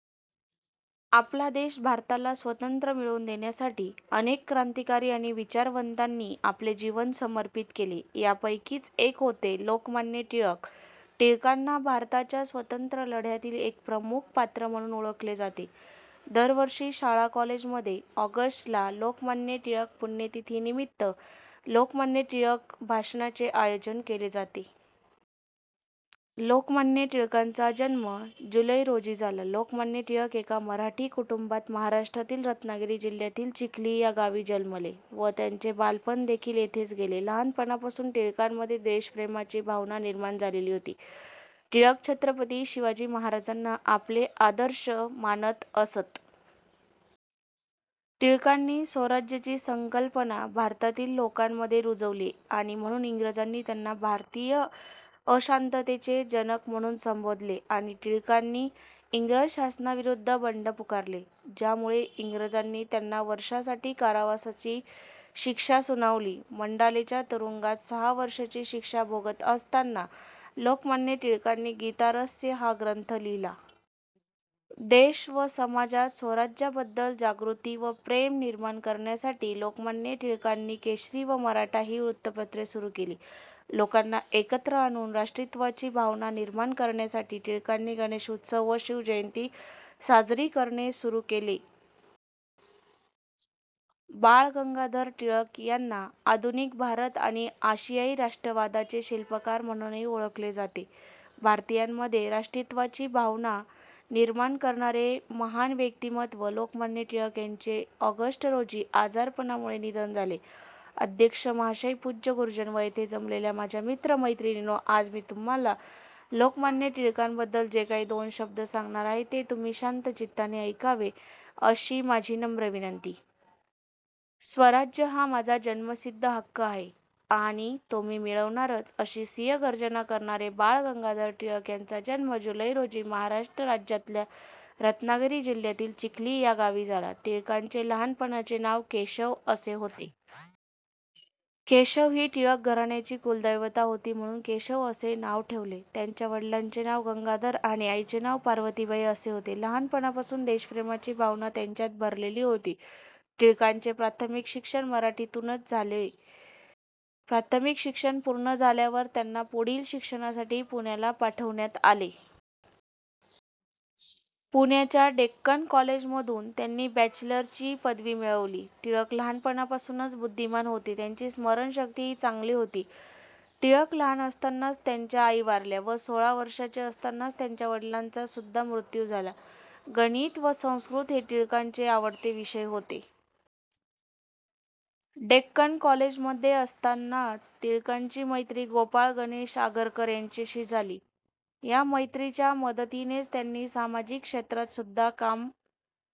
: आपला देश भारताला स्वतंत्र मिळवून देण्यासाठी अनेक क्रांतिकारी आणि विचारवंतांनी आपले जीवन समर्पित केले. यापैकीच एक होते लोकमान्य टिळक. टिळकांना भारताच्या स्वतंत्र लढ्यातील एक प्रमुख पात्र म्हणून ओळखले जाते. दरवर्षी शाळा-कॉलेज मध्ये ऑगस्ट ला लोकमान्य टिळक पुण्यतिथि निमित्त लोकमान्य टिळक भाषणाचे आयोजन केले जाते. लोकमान्य टिळकांचा जन्म जुलै रोजी झाला. लोकमान्य टिळक एका मराठी कुटुंबात महाराष्ट्रातील रत्नागिरी जिल्ह्यातील चिखली या गावी जन्मले व त्यांचे बालपण देखील येथेच गेले. लहानपणापासून टिळकांमध्ये देशप्रेमाची भावना निर्माण झालेली होती. टिळक छत्रपती शिवाजी महाराजांना आपले आदर्श मानत असत. टिळकांनी स्वराज्याची संकल्पना भारतातील लोकांमध्ये रुजवली आणि म्हणून इंग्रजांनी त्यांना 'भारतीय अशांततेचे जनक' म्हणून संबोधले आणि टिळकांनी इंग्रज शासनाविरुद्ध बंड पुकारले, ज्यामुळे इंग्रजांनी त्यांना वर्षासाठी कारावासाची शिक्षा सुनावली. मंडालेच्या तुरुंगात सहा वर्षाची शिक्षा भोगत असताना लोकमान्य टिळकांनी 'गीतारहस्य' हा ग्रंथ लिहिला. देश व समाजात स्वराज्याबद्दल जागृती व प्रेम निर्माण करण्यासाठी लोकमान्य टिळकांनी केसरी व मराठा ही वृत्तपत्र सुरू केली. लोकांना एकत्र आणून राष्ट्रीयत्वाची भावना निर्माण करण्यासाठी टिळकांनी गणेशोत्सव व शिवजयंती साजरी करणे सुरू केले. बाळ गंगाधर टिळक यांना आधुनिक भारत आणि आशियाई राष्ट्रवादाचे शिल्पकार म्हणूनही ओळखले जाते. भारतीयांमध्ये राष्ट्रीयत्वाची भावना निर्माण करणारे महान व्यक्तिमत्व लोकमान्य टिळक यांचे ऑगस्ट रोजी आजारपणामुळे निधन झाले. अध्यक्ष महाशय पूज्य गुरुजन व येथे जमलेल्या माझ्या मित्र-मैत्रिणींनो आज मी तुम्हाला लोकमान्य टिळकांन बद्दल जे काही दोन शब्द सांगणार आहे ते तुम्ही शांतचित्ताने ऐकावे अशी माझी नम्र विनंती. स्वराज्य हा माझा जन्मसिद्ध हक्क आहे आणि तो मी मिळवणारच अशी सिंहगर्जना करणारे बाळ गंगाधर टिळक यांचा जन्म जुलाई रोजी महाराष्ट्र राज्यातल्या रत्नागिरी जिल्ह्यातील चिखली या गावी झाला. टिळकांचे लहान पणाचे नाव केशव असे होते. केशव ही टिळक घराण्याची कुलदेवता होती म्हणून केशव असे नाव ठेवले. त्यांच्या वडिलांचे नाव गंगाधर आणि आईचे नाव पार्वतीबाई असे होते. लहानपणापासून देशप्रेमाची भावना त्यांच्यात भरलेली होती. टिळकांचे प्राथमिक शिक्षण मराठीतूनच झाले. प्राथमिक शिक्षण पूर्ण झाल्यावर त्यांना पुढील शिक्षणासाठी पुण्याला पाठवण्यात आले. पुण्याच्या डेक्कन कॉलेजमधून त्यांनी बॅचलर ची पदवी मिळवली. टिळक लहानपणापासून बुद्धिमान होते त्यांची स्मरणशक्ती ही चांगली होती. टिळक लहान असतानाच त्यांचा आई वारल्या व सोळा वर्षाचे असतानाच त्यांच्या वडिलांचा सुद्धा मृत्यू झाला. गणित व संस्कृत हे टिळकांचे आवडते विषय होते. डेक्कन कॉलेजमध्ये असतानाच टिळकांची मैत्री गोपाळ गणेश आगरकर यांच्याशी झाली. या मैत्रीच्या मदतीनेच त्यांनी सामाजिक क्षेत्रात सुद्धा काम